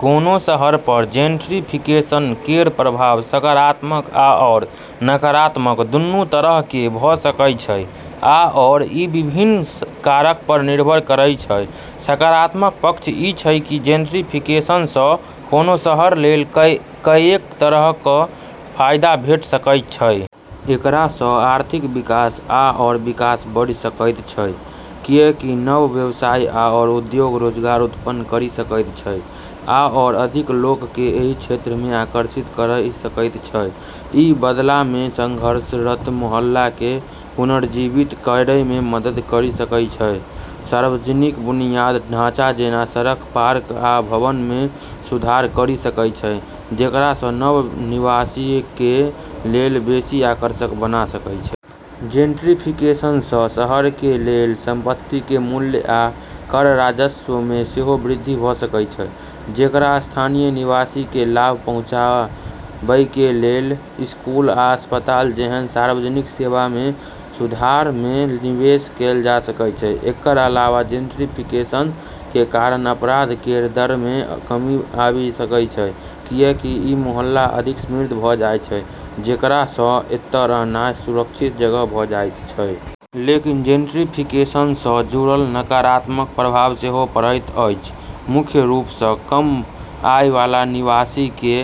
कोनो शहर पर जेंट्रिफिकेशन केर प्रभाव सकारात्मक आओर नकारात्मक दुन्नु तरहके भ' सकै छै आओर ई विभिन्न कारक पर निर्भर करै छै। सकारात्मक पक्ष ई छै कि जेंट्रीफिकेशनसँ कोनो शहर लेल कएक तरहक फाइदा भेट सकैत छै। एकरासँ आर्थिक विकास आओर विकास बढ़ि सकैत छै, किएकि नव व्यवसाय आओर उद्योग रोजगार उत्पन्न करि सकैत छै आओर अधिक लोकके एहि क्षेत्रमे आकर्षित करि सकैत छै। ई बदलामे संघर्षरत मोहल्लाके पुनर्जीवित करैमे मदति करि सकय छै, सार्वजनिक बुनियादी ढाँचा, जेना सड़क, पार्क, आ भवनमे सुधार करि सकै छै, जेकरासँ नव निवासीके लेल बेशी आकर्षक बना सकै छै । जेंट्रिफिकेशनसँ शहरके लेल संपत्तिके मूल्य आ कर राजस्वमे सेहो वृद्धि भ' सकै छै, जेकरा स्थानीय निवासीके लाभ पहुँचाबैके लेल स्कूल आ अस्पताल जेहन सार्वजनिक सेवामे सुधारमे निवेश कैल जा सकै छै । एकर अलावा जेंट्रिफिकेशनके कारण अपराध केर दरमे कमी आबि सकै छै, किएकि ई मोहल्ला अधिक समृद्ध भ' जाइ छै, जेकरासँ एतऽ रहनाइ सुरक्षित जगह भ' जाइत छै। लेकिन जेंट्रिफिकेशनसँ जुड़ल नकारात्मक प्रभाव सेहो पड़ैत अछि, मुख्य रूपसँ कम आयबला निवासीके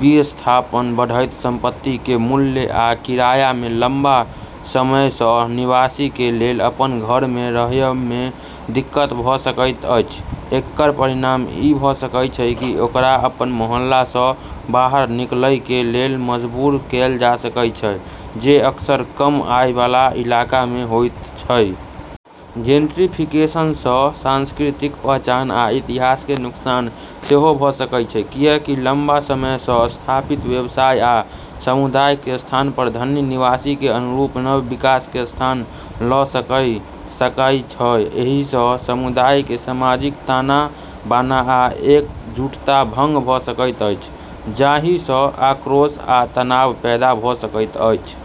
विस्थापन । बढ़ैत संपत्तिके मूल्य आ किरायामे लंबा समयसँ निवासीके लेल अपन घरमे रहयमे दिक्कत भ' सकैत अछि । एकर परिणाम ई भ' सकै छै कि ओकरा अपन मोहल्लासँ बाहर निकलैके लेल मजबूर कैल जा सकै छै, जे अक्सर कम आयबला इलाकामे होइत छै । जेंट्रिफिकेशनसँ सांस्कृतिक पहचान आ इतिहासके नुकसान सेहो भ' सकै छै, किएकि लम्बा समयसँ स्थापित व्यवसाय आ समुदायके स्थान पर धनी निवासीके अनुरूप नव विकासके स्थान ल' सकै सकय छै । एहिसँ समुदायके सामाजिक ताना-बाना आ एकजुटता भंग भ' सकैत अछि, जाहिसँ आक्रोश आ तनाव पैदा भ' सकैत अछि।